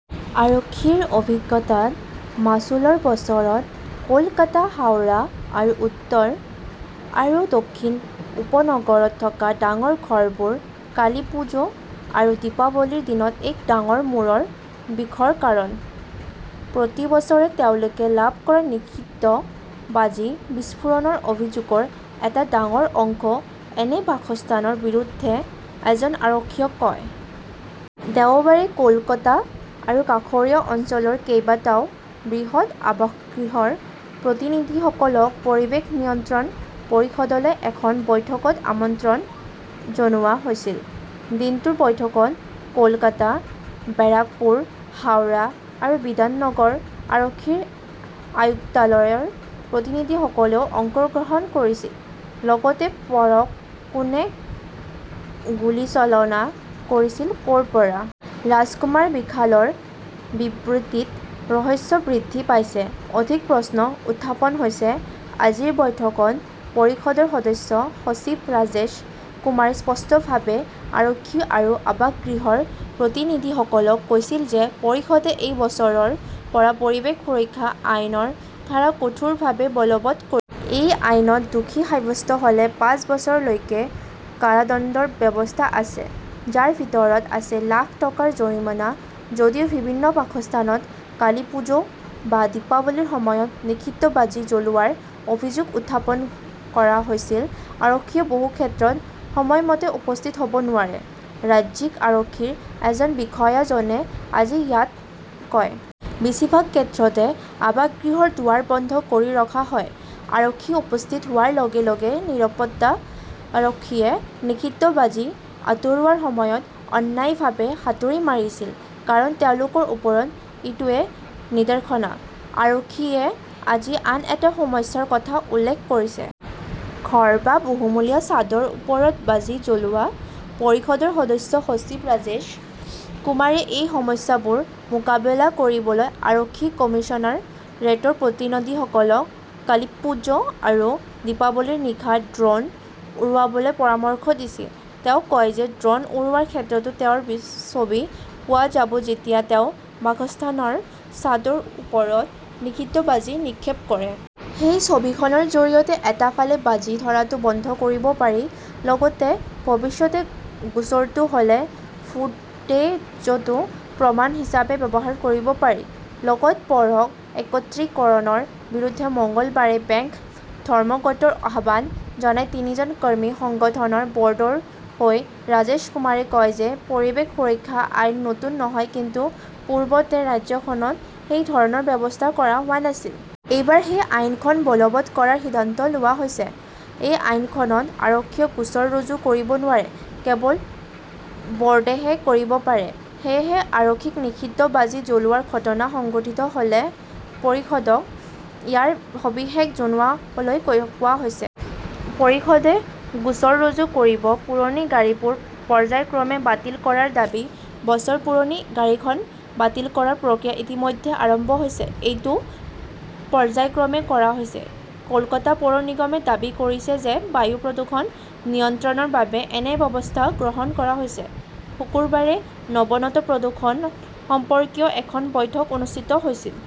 আৰক্ষীৰ অভিজ্ঞতাত, মাচুলৰ বছৰত, কলকাতা, হাওৰা আৰু উত্তৰ আৰু দক্ষিণ উপনগৰত থকা ডাঙৰ ঘৰবোৰ কালীপুজো আৰু দীপাৱলীৰ দিনত এক ডাঙৰ মূৰৰ বিষৰ কাৰণ। প্ৰতি বছৰে তেওঁলোকে লাভ কৰা নিষিদ্ধ বাজি বিস্ফোৰণৰ অভিযোগৰ এটা ডাঙৰ অংশ এনে বাসস্থানৰ বিৰুদ্ধে, এজন আৰক্ষীয়ে কয়। দেওবাৰে কলকাতা আৰু কাষৰীয়া অঞ্চলৰ কেইবাটাও বৃহৎ আৱাসগৃহৰ প্ৰতিনিধিসকলক পৰিৱেশ নিয়ন্ত্ৰণ পৰিষদলৈ এখন বৈঠকত আমন্ত্ৰণ জনোৱা হৈছিল। দিনটোৰ বৈঠকত কলকাতা, বেৰাকপুৰ, হাওৰা আৰু বিধাননগৰ আৰক্ষী আয়ুক্তালয়ৰ প্ৰতিনিধিসকলেও অংশগ্ৰহণ কৰিছিল। লগতে পঢ়ক কোনে গুলীচালনা কৰিছিল, কৰ পৰা? ৰাজকুমাৰ বিশালৰ বিবৃতিত ৰহস্য বৃদ্ধি পাইছে, অধিক প্ৰশ্ন উত্থাপন হৈছে আজিৰ বৈঠকত পৰিষদৰ সদস্য সচিব ৰাজেশ কুমাৰে স্পষ্টভাৱে আৰক্ষী আৰু আৱাসগৃহৰ প্ৰতিনিধিসকলক কৈছিল যে পৰিষদে এই বছৰৰ পৰা পৰিৱেশ সুৰক্ষা আইন ৰ ধাৰা কঠোৰভাৱে বলৱৎ কৰিব। এই আইনত দোষী সাব্যস্ত হ'লে পাঁচ বছৰলৈকে কাৰাদণ্ডৰ ব্যৱস্থা আছে, যাৰ ভিতৰত আছে লাখ টকাৰ জৰিমনা। যদিও বিভিন্ন বাসস্থানত কালীপুজো বা দীপাৱলীৰ সময়ত নিষিদ্ধ বাজি জ্বলোৱাৰ অভিযোগ উত্থাপন কৰা হৈছিল, আৰক্ষীয়ে বহু ক্ষেত্ৰত সময়মতে উপস্থিত হ'ব নোৱাৰে, ৰাজ্যিক আৰক্ষীৰ এজন বিষয়াজনে আজি ইয়াত কয়। বেছিভাগ ক্ষেত্ৰতে আৱাসগৃহৰ দুৱাৰ বন্ধ কৰি ৰখা হয়। আৰক্ষী উপস্থিত হোৱাৰ লগে লগে নিৰাপত্তাৰক্ষীয়ে নিষিদ্ধ বাজি আঁতৰোৱাৰ সময়ত অন্যায়ভাৱে হাতুৰি মাৰিছিল। কাৰণ তেওঁলোকৰ ওপৰত এইটোৱেই নিৰ্দেশনা। আৰক্ষীয়ে আজি আন এটা সমস্যাৰ কথা উল্লেখ কৰিছে। ঘৰ বা বহুমহলীয়া ছাদৰ ওপৰত বাজি জ্বলোৱা। পৰিষদৰ সদস্য সচিব ৰাজেশ কুমাৰে এই সমস্যাবোৰ মোকাবিলা কৰিবলৈ আৰক্ষী কমিছনাৰেটৰ প্ৰতিনধিসকলক কালিপ্পুজো আৰু দীপাৱলীৰ নিশা ড্ৰোন উৰুৱাবলৈ পৰামৰ্শ দিছিল। তেওঁ কয় যে ড্ৰোন উৰোৱাৰ ক্ষেত্ৰতো তেওঁৰ ছবি পোৱা যাব যেতিয়া তেওঁ বাসস্থানৰ ছাদৰ ওপৰতো নিষিদ্ধ বাজি নিক্ষেপ কৰে। সেই ছবিখনৰ জৰিয়তে এটা ফালে বাজি ধৰাটো বন্ধ কৰিব পাৰি, লগতে ভৱিষ্যতে গোচৰটো হ'লে ফুটেজটো প্ৰমাণ হিচাপে ব্যৱহাৰ কৰিব পাৰি। লগতে পঢ়ক একত্ৰীকৰণৰ বিৰুদ্ধে মঙগলবাৰে বেংক ধৰ্মঘটৰ আহ্বান জনাই তিনিজন কৰ্মী সংগঠনৰ বৰ্ডৰ হৈ ৰাজেশ কুমাৰে কয় যে পৰিৱেশ সুৰক্ষা আইন নতুন নহয় কিন্তু পূৰ্বতে ৰাজ্যখনত সেই ধৰণৰ ব্যৱস্থা কৰা হোৱা নাছিল। এইবাৰ সেই আইনখনতবলৱৎ কৰাৰ সিদ্ধান্ত লোৱা হৈছে। এই আইনখনত আৰক্ষীয়ে গোচৰ ৰুজু কৰিব নোৱাৰে। কেৱল বোৰ্ডেহে কৰিব পাৰে। সেয়েহে আৰক্ষীক নিষিদ্ধ বাজি জ্বলোৱাৰ ঘটনা সংঘটিত হ'লে পৰিষদক ইয়াৰ সবিশেষ জনাবলৈ কোৱা হৈছে। পৰিষদে গোচৰ ৰুজু কৰিব। পুৰণি গাড়ীবোৰ পৰ্য্যায়ক্ৰমে বাতিল কৰাৰ দাবী বছৰ পুৰণি গাড়ীখন বাতিল কৰাৰ প্ৰক্ৰিয়া ইতিমধ্যে আৰম্ভ হৈছে। এইটো পৰ্য্যায়ক্ৰমে কৰা হৈছে। কলকাতা পৌৰ নিগমে দাবী কৰিছে যে বায়ু প্ৰদূষণ নিয়ন্ত্ৰণৰ বাবে এনে ব্যৱস্থা গ্ৰহণ কৰা হৈছে। শুকুৰবাৰে নবানত প্ৰদূষণ সম্পৰ্কীয় এখন বৈঠক অনুষ্ঠিত হৈছিল।